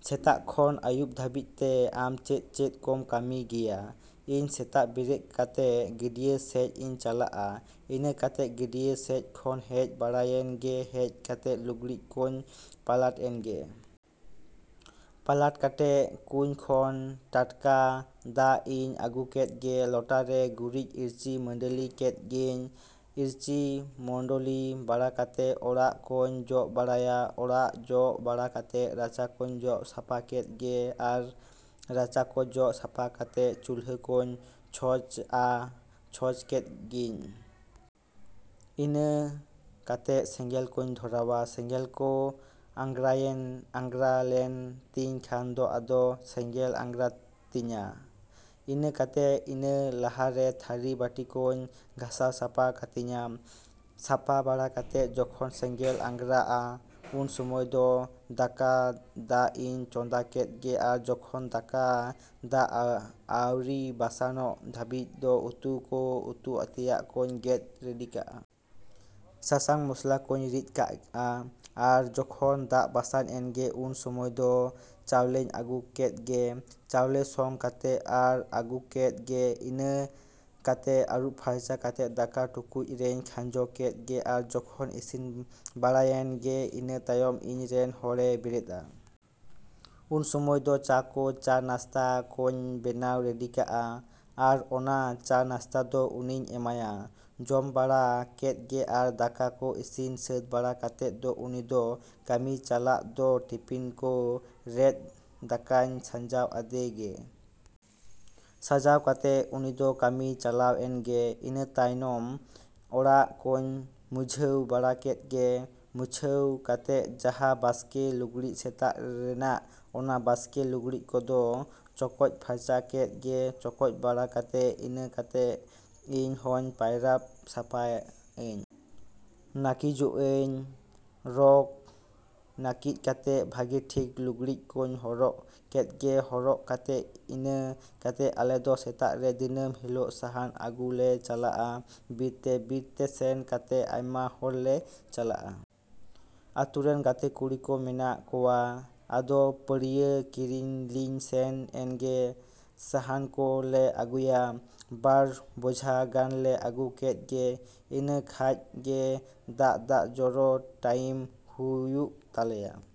ᱥᱮᱛᱟᱜ ᱠᱷᱚᱱ ᱟᱹᱭᱩᱵ ᱫᱷᱟᱹᱵᱤᱡ ᱛᱮ ᱟᱢ ᱪᱮᱫ ᱪᱮᱫ ᱠᱚᱢ ᱠᱟᱹᱢᱤ ᱜᱮᱭᱟ? ᱤᱧ ᱥᱮᱛᱟᱜ ᱵᱮᱨᱮᱫ ᱠᱟᱛᱮ ᱜᱟᱹᱰᱭᱟᱹ ᱥᱮᱫ ᱤᱧ ᱪᱟᱞᱟᱜᱼᱟ᱾ ᱤᱱᱟᱹ ᱠᱟᱛᱮ ᱜᱟᱹᱰᱭᱟᱹ ᱥᱮᱫ ᱠᱷᱚᱱ ᱦᱮᱡ ᱵᱟᱲᱟᱭᱮᱱ ᱜᱮ ᱦᱮᱡ ᱠᱟᱛᱮ ᱞᱩᱜᱽᱲᱤ ᱠᱚᱹᱧ ᱯᱟᱞᱟᱴ ᱮᱱ ᱜᱮ᱾ ᱯᱟᱞᱟᱴ ᱠᱟᱛᱮ ᱠᱩᱧ ᱠᱷᱚᱱ ᱴᱟᱴᱠᱟ ᱫᱟᱜ ᱤᱧ ᱟᱹᱜᱩ ᱠᱮᱫ ᱜᱮ᱾ ᱞᱚᱴᱟ ᱨᱮ ᱜᱩᱨᱤᱡ ᱤᱨᱪᱤ ᱢᱟᱹᱰᱟᱹᱞᱤ ᱠᱮᱫ ᱜᱤᱧ᱾ ᱤᱨᱪᱤ ᱢᱩᱰᱚᱞᱤ ᱵᱟᱲᱟ ᱠᱟᱛᱮᱜ ᱚᱲᱟᱜ ᱠᱚᱹᱧ ᱡᱚᱜ ᱵᱟᱲᱟᱭᱟ᱾ ᱚᱲᱟᱜ ᱡᱚᱜ ᱵᱟᱲᱟ ᱠᱟᱛᱮ ᱨᱟᱪᱟ ᱠᱚᱹᱧ ᱡᱚᱜ ᱥᱟᱯᱷᱟ ᱠᱮᱫ ᱜᱮ ᱟᱨ ᱨᱟᱪᱟ ᱠᱚ ᱡᱚᱜ ᱥᱟᱯᱷᱟ ᱵᱟᱲᱟ ᱠᱟᱛᱮ ᱪᱩᱞᱦᱟᱹ ᱠᱚᱹᱧ ᱪᱷᱚᱸᱪ ᱟᱜᱼᱟ ᱪᱷᱚᱸᱪ ᱠᱮᱫ ᱜᱤᱧ᱾ ᱤᱱᱟᱹ ᱠᱟᱛᱮᱜ ᱥᱮᱸᱜᱮᱞ ᱠᱚᱧ ᱫᱷᱚᱨᱟᱣᱟ᱾ ᱥᱮᱸᱜᱮᱞ ᱠᱚ ᱟᱸᱜᱽᱨᱟᱭᱮᱱ ᱟᱸᱜᱽᱨᱟ ᱞᱮᱱ ᱛᱤᱧ ᱠᱷᱟᱱ ᱫᱚ ᱟᱫᱚ ᱥᱮᱸᱜᱮᱞ ᱟᱸᱜᱽᱨᱟᱜ ᱛᱤᱧᱟ᱾ ᱤᱱᱟᱹ ᱠᱟᱛᱮ ᱤᱱᱟᱹ ᱞᱟᱦᱟ ᱨᱮ ᱛᱷᱟᱹᱨᱤ ᱵᱟᱹᱴᱤ ᱠᱚᱹᱧ ᱜᱷᱟᱥᱟᱣ ᱥᱟᱯᱷᱟ ᱠᱟᱛᱤᱧᱟ᱾ ᱥᱟᱯᱷᱟ ᱵᱟᱲᱟ ᱠᱟᱛᱮ ᱡᱚᱠᱷᱚᱱ ᱥᱮᱸᱜᱮᱞ ᱟᱸᱜᱽᱨᱟᱜᱼᱟ ᱩᱱ ᱥᱚᱢᱚᱭ ᱫᱚ ᱫᱟᱠᱟ ᱫᱟᱜ ᱤᱧ ᱪᱚᱸᱫᱟ ᱠᱮᱫ ᱜᱮ ᱟᱨ ᱡᱚᱠᱷᱚᱱ ᱫᱟᱠᱟ ᱫᱟᱜ ᱟᱹᱣᱨᱤ ᱵᱟᱥᱟᱝ ᱚᱜ ᱫᱷᱟᱹᱵᱤᱡ ᱫᱚ ᱩᱛᱩ ᱠᱚ ᱩᱛᱩ ᱛᱮᱭᱟᱜ ᱠᱚᱹᱧ ᱜᱮᱫ ᱨᱮᱰᱤ ᱠᱟᱜᱼᱟ᱾ ᱥᱟᱥᱟᱝ ᱢᱚᱥᱞᱟ ᱠᱚᱧ ᱨᱤᱫ ᱠᱟᱜᱼᱟ ᱟᱨ ᱡᱚᱠᱷᱚᱱ ᱫᱟᱜ ᱵᱟᱥᱟᱝ ᱮᱱ ᱜᱮ ᱩᱱ ᱥᱚᱢᱚᱭ ᱫᱚ ᱪᱟᱣᱞᱮᱧ ᱟᱹᱜᱩ ᱠᱮᱫ ᱜᱮ᱾ ᱪᱟᱣᱞᱮ ᱥᱚᱝ ᱠᱟᱛᱮᱜ ᱟᱨ ᱟᱹᱜᱩ ᱠᱮᱫ ᱜᱮ᱾ ᱤᱱᱟᱹ ᱠᱟᱛᱮᱜ ᱟᱹᱨᱩᱵ ᱯᱷᱟᱨᱪᱟ ᱠᱟᱛᱮ ᱫᱟᱠᱟ ᱴᱩᱠᱩᱪ ᱨᱮᱧ ᱠᱷᱟᱸᱡᱚ ᱠᱮᱫ ᱜᱮ ᱟᱨ ᱡᱚᱠᱷᱚᱱ ᱤᱥᱤᱱ ᱵᱟᱲᱟᱭᱮᱱ ᱜᱮ ᱤᱱᱟᱹ ᱛᱟᱭᱚᱢ ᱤᱧ ᱨᱮᱱ ᱦᱚᱲᱮ ᱵᱮᱨᱮᱫᱼᱟ᱾ ᱩᱱ ᱥᱚᱢᱚᱭ ᱫᱚ ᱪᱟ ᱠᱚ ᱪᱟ ᱱᱟᱥᱛᱟ ᱠᱚᱹᱧ ᱵᱮᱱᱟᱣ ᱨᱮᱰᱤ ᱠᱟᱜᱼᱟ᱾ ᱟᱨ ᱚᱱᱟ ᱪᱟ ᱱᱟᱥᱛᱟ ᱫᱚ ᱩᱱᱤᱧ ᱮᱢᱟᱭᱟ᱾ ᱡᱚᱢ ᱵᱟᱲᱟ ᱠᱮᱫ ᱜᱮ ᱟᱨ ᱫᱟᱠᱟ ᱠᱚ ᱤᱥᱤᱱ ᱥᱟᱹᱛ ᱵᱟᱲᱟ ᱠᱟᱛᱮᱜ ᱫᱚ ᱩᱱᱤ ᱫᱚ ᱠᱟᱹᱢᱤᱭ ᱪᱟᱞᱟᱜ ᱫᱚ ᱴᱤᱯᱤᱱ ᱠᱚ ᱨᱮᱫ ᱫᱟᱠᱟᱧ ᱥᱟᱡᱟᱣ ᱟᱫᱮ ᱜᱮ᱾ ᱥᱟᱡᱟᱣ ᱠᱟᱛᱮ ᱩᱱᱤ ᱫᱚ ᱠᱟᱹᱢᱤᱭ ᱪᱟᱞᱟᱣ ᱮᱱ ᱜᱮ᱾ ᱤᱱᱟᱹ ᱛᱟᱭᱚᱢ ᱚᱲᱟᱜ ᱠᱚᱧ ᱢᱩᱪᱷᱟᱹᱣ ᱵᱟᱲᱟ ᱠᱮᱫ ᱜᱮ᱾ ᱢᱩᱪᱷᱟᱹᱣ ᱠᱟᱛᱮ ᱡᱟᱦᱟᱸ ᱵᱟᱥᱠᱮ ᱞᱩᱜᱽᱲᱤ ᱥᱮᱛᱟᱜ ᱨᱮᱱᱟᱜ ᱚᱱᱟ ᱵᱟᱥᱠᱮ ᱞᱩᱜᱽᱲᱤ ᱠᱚᱫᱚ ᱪᱚᱠᱚᱡ ᱯᱷᱟᱨᱪᱟ ᱠᱮᱫ ᱜᱮ᱾ ᱪᱚᱠᱚᱡ ᱵᱟᱲᱟ ᱠᱟᱛᱮ ᱤᱱᱟᱹ ᱠᱟᱛᱮ ᱤᱧ ᱦᱚᱸᱧ ᱯᱟᱭᱨᱟ ᱥᱟᱯᱷᱟᱧ ᱟᱹᱧ᱾ ᱱᱟᱹᱠᱤᱡᱚᱜ ᱟᱹᱧ ᱨᱚᱜ ᱱᱟᱹᱠᱤᱡ ᱠᱟᱛᱮ ᱵᱷᱟᱹᱜᱤ ᱴᱷᱤᱠ ᱞᱩᱜᱽᱲᱤᱡ ᱠᱚᱧ ᱦᱚᱨᱚᱜ ᱠᱮᱫ ᱜᱮ᱾ ᱦᱚᱨᱚᱜ ᱠᱟᱛᱮᱜ ᱤᱱᱟᱹ ᱠᱟᱛᱮᱜ ᱟᱞᱮ ᱫᱚ ᱥᱮᱛᱟᱜ ᱨᱮ ᱫᱤᱱᱟᱹᱢ ᱦᱤᱞᱳᱜ ᱥᱟᱦᱟᱱ ᱟᱹᱜᱩ ᱞᱮ ᱪᱟᱞᱟᱜᱼᱟ ᱵᱤᱨ ᱛᱮ᱾ ᱵᱤᱨ ᱛᱮ ᱥᱮᱱ ᱠᱟᱛᱮᱜ ᱟᱭᱢᱟ ᱦᱚᱲ ᱞᱮ ᱪᱟᱞᱟᱜᱼᱟ᱾ ᱟᱹᱛᱩ ᱨᱮᱱ ᱜᱟᱛᱮ ᱠᱩᱲᱤ ᱠᱚ ᱢᱮᱱᱟᱜ ᱠᱚᱣᱟ᱾ ᱟᱫᱚ ᱯᱟᱹᱲᱭᱟᱹ ᱠᱤᱨᱤᱧ ᱞᱤᱧ ᱥᱮᱱ ᱮᱱ ᱜᱮ᱾ ᱥᱟᱦᱟᱱ ᱠᱚ ᱞᱮ ᱟᱹᱜᱩᱭᱟ᱾ ᱵᱟᱨ ᱵᱚᱡᱷᱟ ᱜᱟᱱ ᱞᱮ ᱟᱹᱜᱩ ᱠᱮᱫ ᱜᱮ᱾ ᱤᱱᱟᱹ ᱠᱷᱟᱡ ᱜᱮ ᱫᱟᱜ ᱫᱟᱜ ᱡᱚᱨᱚ ᱴᱟᱭᱤᱢ ᱦᱩᱭᱩᱜ ᱛᱟᱞᱮᱭᱟ᱾